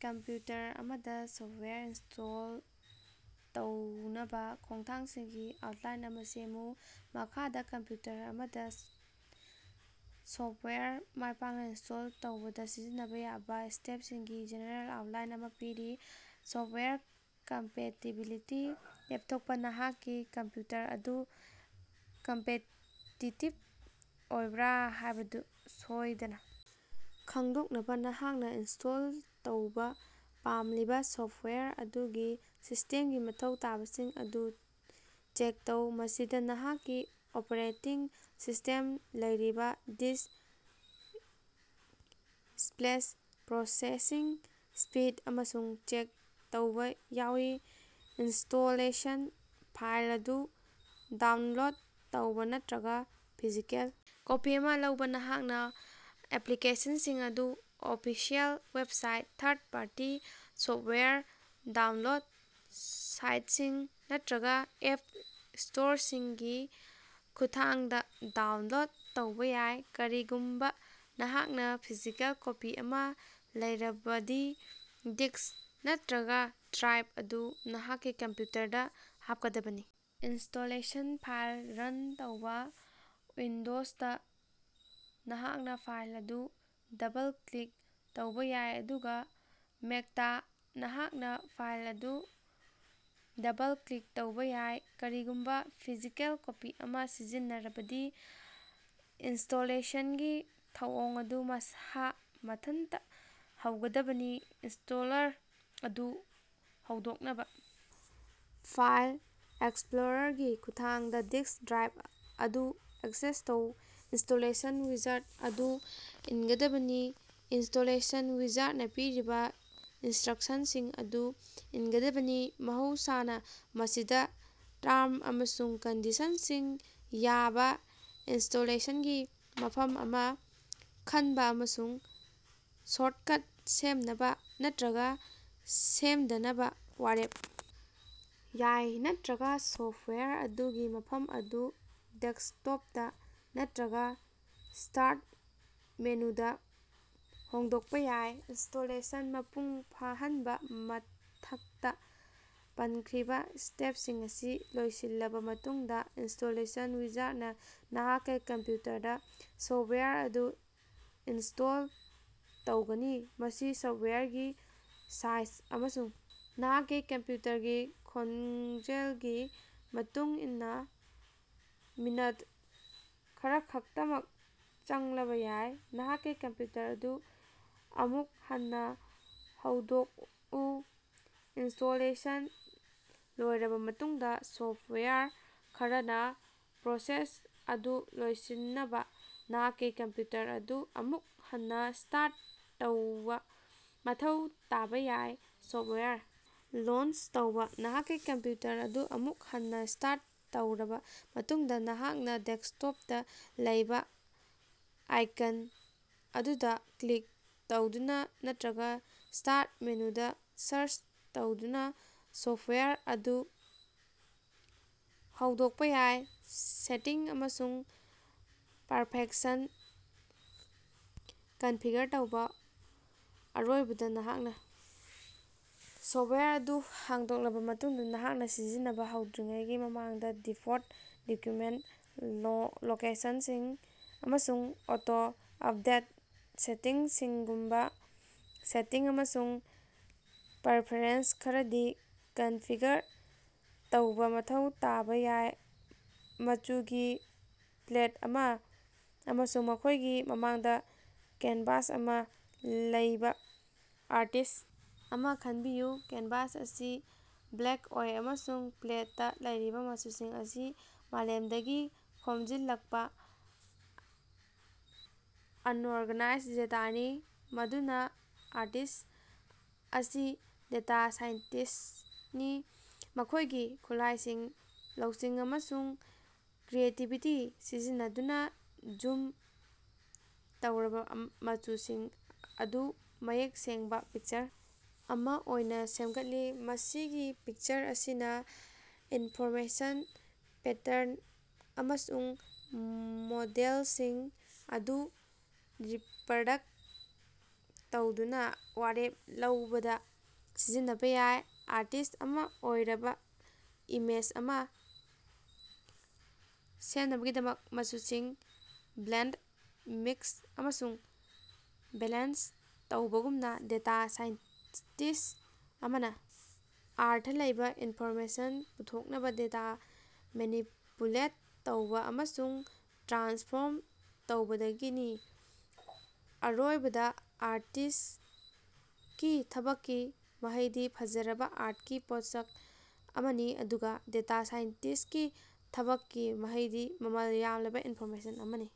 Computer ꯑꯃꯗꯥ software install ꯇꯧꯅꯕꯥ ꯈꯣꯡꯊꯥꯡꯁꯤꯡꯒꯤ ꯑꯥꯎꯇꯂꯥꯏꯟ ꯑꯃꯥ ꯁꯦꯝꯃꯨ꯫ ꯃꯈꯥꯗꯥ ꯀꯝꯞꯌꯨꯇꯔ ꯑꯃꯗꯥ ꯁꯣꯐꯇꯋꯥꯌꯔ ꯃꯥꯢꯄꯥꯛꯅꯥ ꯏꯟꯁꯇꯣꯜ ꯇꯧꯕꯗꯥ ꯁꯤꯖꯤꯟꯅꯕꯥ ꯌꯥꯕꯥ ꯁ꯭ꯇꯦꯞꯁꯤꯡꯒꯤ ꯖꯦꯅꯦꯔꯦꯜ ꯑꯥꯎꯇꯂꯥꯏꯟ ꯑꯃꯥ ꯄꯤꯔꯤ: ꯁꯣꯐꯇꯋꯥꯌꯔ ꯀꯝꯄꯦꯇꯤꯕꯤꯂꯤꯇꯤ ꯂꯦꯄꯊꯣꯀꯄꯥ: ꯅꯍꯥꯛꯀꯤ ꯀꯝꯄ꯭ꯌꯨꯇꯔ ꯑꯗꯨ ꯀꯝꯄꯦꯇꯤꯇꯤꯕ ꯑꯣꯏꯕ꯭ꯔꯥ ꯍꯥꯢꯕꯗꯨ ꯁꯣꯢꯗꯅꯥ ꯈꯪꯗꯣꯛꯅꯕꯥ ꯅꯍꯥꯛꯅꯥ ꯏꯟꯁꯇꯣꯜ ꯇꯧꯕꯥ ꯄꯥꯝꯂꯤꯕꯥ ꯁꯣꯐꯇꯋꯥꯌꯔ ꯑꯗꯨꯒꯤ ꯁꯤꯁꯇꯦꯝꯒꯤ ꯃꯊꯧ ꯇꯥꯕꯁꯤꯡ ꯑꯗꯨ ꯆꯦꯛ ꯇꯧ꯫ ꯃꯁꯤꯗꯥ ꯅꯍꯥꯛꯀꯤ ꯑꯣꯄ꯭ꯔꯦꯇꯤꯡ ꯁꯤꯁꯇꯦꯝ ꯂꯩꯔꯤꯕꯥ ꯗꯤꯁ ꯁ꯭ꯄꯦꯁ, ꯄ꯭ꯔꯣꯁꯦꯁꯤꯡ ꯁ꯭ꯄꯤꯗ ꯑꯃꯁꯨꯡ ꯆꯦꯛ ꯇꯧꯕꯥ ꯌꯥꯎꯏ꯫ ꯏꯟꯁꯇꯣꯂꯦꯁꯟ ꯐꯥꯏꯜ ꯑꯗꯨ ꯗꯥꯎꯅꯂꯣꯗ ꯇꯧꯕꯥ ꯅꯠꯇ꯭ꯔꯒꯥ ꯐꯤꯖꯤꯀꯦꯜ ꯀꯣꯄꯤ ꯑꯃꯥ ꯂꯧꯕꯥ: ꯅꯍꯥꯛꯅꯥ ꯑꯦꯄ꯭ꯂꯤꯀꯦꯁꯟꯁꯤꯡ ꯑꯗꯨ official website third party software download ꯁꯥꯏꯇꯁꯤꯡ ꯅꯠꯇ꯭ꯔꯒꯥ ꯑꯦꯞ ꯁ꯭ꯇꯣꯔꯁꯤꯡꯒꯤ ꯈꯨꯠꯊꯥꯡꯗꯥ ꯗꯥꯎꯅꯂꯣꯗ ꯇꯧꯕꯥ ꯌꯥꯏ꯫ ꯀꯔꯤꯒꯨꯝꯕꯥ ꯅꯍꯥꯛꯅꯥ ꯐꯤꯖꯤꯀꯦꯜ ꯀꯣꯄꯤ ꯑꯃꯥ ꯂꯩꯔꯕꯗꯤ ꯗꯤꯛꯁ ꯅꯠꯇ꯭ꯔꯒꯥ ꯗ꯭ꯔꯥꯏꯚ ꯑꯗꯨ ꯅꯍꯥꯛꯀꯤ ꯀꯝꯄ꯭ꯌꯨꯇꯔꯗꯥ ꯍꯥꯞꯀꯗꯕꯅꯤ꯫ ꯏꯟꯁꯇꯣꯂꯦꯁꯟ ꯐꯥꯏꯜ ꯔꯟ ꯇꯧꯕꯥ: ꯎꯏꯟꯗꯣꯖꯗꯥ ꯅꯍꯥꯛꯅꯥ ꯐꯥꯏꯜ ꯑꯗꯨ ꯗꯕꯜ-ꯀ꯭ꯂꯤꯛ ꯇꯧꯕꯥ ꯌꯥꯏ ꯑꯗꯨꯒꯥ ꯃꯦꯛꯇꯥ ꯅꯍꯥꯛꯅꯥ ꯐꯥꯏꯜ ꯑꯗꯨ ꯗꯕꯜ-ꯀ꯭ꯂꯤꯛ ꯇꯧꯕꯥ ꯌꯥꯏ꯫ ꯀꯔꯤꯒꯨꯝꯕꯥ ꯐꯤꯖꯤꯀꯦꯜ ꯀꯣꯄꯤ ꯑꯃꯥ ꯁꯤꯖꯤꯟꯅꯔꯕꯗꯤ ꯏꯟꯁꯇꯣꯂꯦꯁꯟꯒꯤ ꯊꯧꯑꯣꯡ ꯑꯗꯨ ꯃꯁꯥ ꯃꯊꯟꯇꯥ ꯍꯧꯒꯗꯕꯅꯤ꯫ ꯏꯅꯁ꯭ꯇꯣꯂꯔ ꯑꯗꯨ ꯍꯧꯗꯣꯛꯅꯕꯥ ꯐꯥꯏꯜ ꯑꯦꯛꯁꯄ꯭ꯂꯣꯔꯥꯔꯒꯤ ꯈꯨꯠꯊꯥꯡꯗꯥ ꯗꯤꯛꯁ/ꯗ꯭ꯔꯥꯏꯚ ꯑꯗꯨ ꯑꯦꯛꯁꯦꯁ ꯇꯧ꯫ ꯏꯟꯁꯇꯣꯂꯦꯁꯟ ꯋꯤꯖꯥꯔꯗ ꯑꯗꯨ ꯏꯟꯒꯗꯕꯅꯤ ꯏꯅꯟꯁꯇꯣꯂꯦꯁꯟ ꯋꯤꯖꯥꯔꯗꯅꯥ ꯄꯤꯔꯤꯕꯥ ꯏꯟꯁꯇ꯭ꯔꯛꯁꯟꯁꯤꯡ ꯑꯗꯨ ꯏꯟꯒꯗꯕꯅꯤ꯫ ꯃꯍꯧꯁꯥꯅꯥ ꯃꯁꯤꯗꯥ ꯇꯔꯝ ꯑꯃꯁꯨꯡ ꯀꯟꯗꯤꯁꯟꯁꯤꯡ ꯌꯥꯕꯥ ꯏꯅꯟꯁꯇꯣꯂꯦꯁꯟꯒꯤ ꯃꯐꯝ ꯑꯃꯥ ꯈꯟꯕꯥ ꯑꯃꯁꯨꯡ ꯁꯣꯔꯇꯀꯠ ꯁꯦꯝꯅꯕꯥ ꯅꯠꯇ꯭ꯔꯒꯥ ꯁꯦꯝꯗꯅꯕꯥ ꯋꯥꯔꯦꯞ ꯌꯥꯏ ꯅꯠꯇ꯭ꯔꯒꯥ ꯁꯣꯐꯇꯋꯥꯌꯔ ꯑꯗꯨꯒꯤ ꯃꯐꯝ ꯑꯗꯨ ꯗꯦꯁ꯭ꯀꯇꯣꯄꯇꯥ ꯅꯠꯇ꯭ꯔꯒꯥ ꯁ꯭ꯇꯥꯔꯠ ꯃꯦꯅꯨꯗꯥ ꯍꯣꯡꯗꯣꯀꯄꯥ ꯌꯥꯏ꯫ ꯏꯅꯟꯁꯇꯣꯂꯦꯁꯟ ꯃꯄꯨꯡ ꯐꯥꯍꯟꯕꯥ: ꯃꯊꯛꯇꯥ ꯄꯟꯈ꯭ꯔꯤꯕꯥ ꯁ꯭ꯇꯦꯄꯁꯤꯡ ꯑꯁꯤ ꯂꯣꯢꯁꯤꯜꯂꯕꯥ ꯃꯇꯨꯡꯗꯥ, ꯏꯟꯁꯇꯣꯂꯦꯁꯟ ꯋꯤꯖꯥꯔꯗꯅꯥ ꯅꯍꯥꯛꯀꯤ ꯀꯝꯄ꯭ꯌꯨꯇꯔꯗꯥ ꯁꯣꯐꯇꯋꯥꯌꯔ ꯑꯗꯨ ꯏꯅꯁ꯭ꯇꯣꯜ ꯇꯧꯒꯅꯤ꯫ ꯃꯁꯤ ꯁꯣꯐꯇꯋꯥꯌꯔꯒꯤ ꯁꯥꯏꯖ ꯑꯃꯁꯨꯡ ꯅꯍꯥꯛꯀꯤ ꯀꯝꯄ꯭ꯌꯨꯇꯔꯒꯤ ꯈꯣꯡꯖꯦꯜꯒꯤ ꯃꯇꯨꯡꯏꯟꯅꯥ ꯃꯤꯅꯠ ꯈꯔꯈꯛꯇꯃꯛ ꯆꯪꯂꯕꯥ ꯌꯥꯏ꯫ ꯅꯍꯥꯛꯀꯤ ꯀꯝꯄ꯭ꯌꯨꯇꯔ ꯑꯗꯨ ꯑꯃꯨꯛ ꯍꯟꯅꯥ ꯍꯧꯗꯣꯛꯎ ꯏꯅꯟꯁꯇꯣꯂꯦꯁꯟ ꯂꯣꯏꯔꯕꯥ ꯃꯇꯨꯡꯗꯥ ꯁꯣꯐꯇꯋꯥꯌꯔ ꯈꯔꯅꯥ ꯄ꯭ꯔꯣꯁꯦꯁ ꯑꯗꯨ ꯂꯣꯢꯁꯤꯟꯅꯕꯥ ꯅꯍꯥꯛꯀꯤ ꯀꯝꯄ꯭ꯌꯨꯇꯔ ꯑꯗꯨ ꯑꯃꯨꯛ ꯍꯟꯅꯥ ꯁ꯭ꯇꯥꯔꯠ ꯇꯧꯕꯥ ꯃꯊꯧ ꯇꯥꯕꯥ ꯌꯥꯏ꯫ ꯁꯣꯐ꯭ꯇꯋꯦꯔ ꯂꯣꯟꯆ ꯇꯧꯕꯥ: ꯅꯍꯥꯛꯀꯤ ꯀꯝꯄ꯭ꯌꯨꯇꯔ ꯑꯗꯨ ꯑꯃꯨꯛ ꯍꯟꯅꯥ ꯁ꯭ꯇꯥꯔꯠ ꯇꯧꯔꯕꯥ ꯃꯇꯨꯡꯗꯥ ꯅꯍꯥꯛꯅꯥ ꯗꯦꯛꯁꯇꯣꯞꯇꯥ ꯂꯩꯕꯥ ꯑꯥꯏꯀꯟ ꯑꯗꯨꯗꯥ ꯀ꯭ꯂꯤꯛ ꯇꯧꯗꯨꯅꯥ ꯅꯠꯇ꯭ꯔꯒꯥ ꯁ꯭ꯇꯥꯔꯠ ꯃꯦꯅꯨꯗꯥ ꯁꯥꯔꯆ ꯇꯧꯗꯨꯅꯥ ꯁꯣꯐꯇꯋꯥꯌꯔ ꯑꯗꯨ ꯍꯧꯗꯣꯛꯄꯥ ꯌꯥꯏ꯫ ꯁꯦꯇꯤꯡ ꯑꯃꯁꯨꯡ ꯄꯔꯐꯦꯔꯦꯟꯁ ꯀꯟꯐꯤꯒꯔ ꯇꯧꯕ ꯑꯔꯣꯏꯕꯗꯥ ꯅꯍꯥꯛꯅꯥ ꯁꯣꯐ꯭ꯇꯋꯥꯌꯔ ꯑꯗꯨ ꯍꯧꯗꯣꯛꯂꯕꯥ ꯃꯇꯨꯡꯗꯥ ꯅꯍꯥꯛꯅꯥ ꯁꯤꯖꯤꯟꯅꯕꯥ ꯍꯧꯗ꯭ꯔꯤꯉꯩꯒꯤ ꯃꯃꯥꯡꯗꯥ ꯗꯤꯐꯣꯜꯇ ꯗꯣꯀ꯭ꯌꯨꯃꯦꯟꯇ ꯂꯣꯀꯦꯁꯟꯁꯤꯡ ꯑꯃꯁꯨꯡ ꯑꯣꯇꯣ-ꯎꯞꯗꯦꯠ ꯁꯦꯇꯤꯡꯁꯤꯡꯒꯨꯝꯕꯥ ꯁꯦꯇꯤꯡ ꯑꯃꯁꯨꯡ ꯄꯔꯐꯦꯔꯦꯟꯁ ꯈꯔꯗꯤ ꯀꯟꯐꯤꯒꯔ ꯇꯧꯕꯥ ꯃꯊꯧ ꯇꯥꯕꯥ ꯌꯥꯏ꯫ ꯃꯆꯨꯒꯤ ꯄꯦꯂꯦꯠ ꯑꯃꯥ ꯑꯃꯁꯨꯡ ꯃꯈꯣꯢꯒꯤ ꯃꯃꯥꯡꯗꯥ ꯀꯦꯟꯚꯥꯁ ꯑꯃꯥ ꯂꯩꯕꯥ ꯑꯥꯔꯇꯤꯁ꯭ ꯑꯃꯥ ꯈꯟꯕꯤꯌꯨ꯫ ꯀꯦꯟꯚꯥꯁ ꯑꯁꯤ ꯕ꯭ꯂꯦꯡꯀ ꯑꯣꯢ ꯑꯃꯁꯨꯡ ꯄꯦꯂꯦꯠꯇꯥ ꯂꯩꯔꯤꯕꯥ ꯃꯆꯨꯁꯤꯡ ꯑꯁꯤ ꯃꯥꯂꯦꯝꯗꯒꯤ ꯈꯣꯃꯖꯤꯜꯂꯛꯄꯥ ꯑꯟꯑꯣꯔꯒꯅꯥꯏꯖ ꯗꯦꯇꯥꯅꯤ꯫ ꯑꯗꯨꯅꯥ ꯑꯥꯔꯇꯤꯁ꯭ꯠ ꯑꯁꯤ ꯗꯦꯇꯥ ꯁꯥꯏꯟꯇꯤꯁ꯭ꯇꯅꯤ, ꯃꯈꯣꯢꯒꯤ ꯈꯨꯠꯂꯥꯢꯁꯤꯡ ꯂꯧꯁꯤꯡ ꯑꯃꯁꯨꯡ ꯀ꯭ꯔꯤꯌꯦꯇꯤꯕꯤꯇꯤ ꯁꯤꯖꯤꯟꯅꯗꯨꯅꯥ ꯖꯨꯝ ꯇꯧꯔꯕꯥ ꯃꯆꯨꯁꯤꯡ ꯑꯗꯨ ꯃꯌꯦꯛ ꯁꯦꯡꯕꯥ ꯄꯤꯀꯆꯔ ꯑꯃꯥ ꯑꯣꯏꯅꯥ ꯁꯦꯃꯒꯠꯂꯤ꯫ ꯃꯁꯤꯒꯤ ꯄꯤꯛꯆꯔ ꯑꯁꯤꯅꯥ ꯏꯟꯐꯣꯔꯃꯦꯁꯟ, ꯄꯦꯇꯔꯟ ꯑꯃꯁꯨꯡ ꯃꯣꯗꯦꯂꯁꯤꯡ ꯑꯗꯨ ꯔꯤꯞꯔꯗꯛꯇ ꯇꯧꯗꯨꯅꯥ ꯋꯥꯔꯦꯞ ꯂꯧꯕꯗꯥ ꯁꯤꯖꯤꯟꯅꯕꯥ ꯌꯥꯏ꯫ ꯑꯥꯔꯇꯤꯁ ꯑꯃꯅꯥ ꯑꯔꯣꯏꯕꯥ ꯏꯃꯦꯖ ꯑꯃꯥ ꯁꯦꯝꯅꯕꯒꯤꯗꯃꯛ ꯃꯆꯨꯁꯤꯡ ꯕ꯭ꯂꯦꯟꯗ, ꯃꯤꯛꯁ ꯑꯃꯁꯨꯡ ꯕꯦꯂꯦꯟꯁ ꯇꯧꯕꯒꯨꯝꯅꯥ, ꯗꯦꯇꯥ ꯁꯥꯏꯟꯇꯤꯁ꯭ꯠ ꯑꯃꯅꯥ ꯑꯔꯊ ꯂꯩꯕꯥ ꯏꯟꯐꯣꯔꯃꯦꯁꯟ ꯄꯨꯊꯣꯛꯅꯕꯥ ꯗꯦꯇꯥ ꯃꯦꯅꯤꯄꯨꯂꯦꯠ ꯇꯧꯕꯥ ꯑꯃꯁꯨꯡ ꯇ꯭ꯔꯥꯟꯁꯐꯣꯔꯝ ꯇꯧꯒꯗꯕꯅꯤ꯫ ꯑꯔꯣꯏꯕꯗꯥ ꯑꯥꯔꯇꯤꯁ ꯀꯤ ꯊꯕꯛꯀꯤ ꯃꯍꯩꯗꯤ ꯐꯖꯔꯕꯥ ꯑꯥꯔꯇꯀꯤ ꯄꯣꯠꯁꯛ ꯑꯃꯅꯤ ꯑꯗꯨꯒꯥ ꯗꯦꯇꯥ ꯁꯥꯏꯟꯇꯤꯁꯀꯤ ꯊꯕꯛꯀꯤ ꯃꯍꯩꯗꯤ ꯃꯃꯜ ꯌꯥꯝꯂꯕꯥ ꯏꯟꯐꯣꯔꯃꯦꯁꯟ ꯑꯃꯅꯤ꯫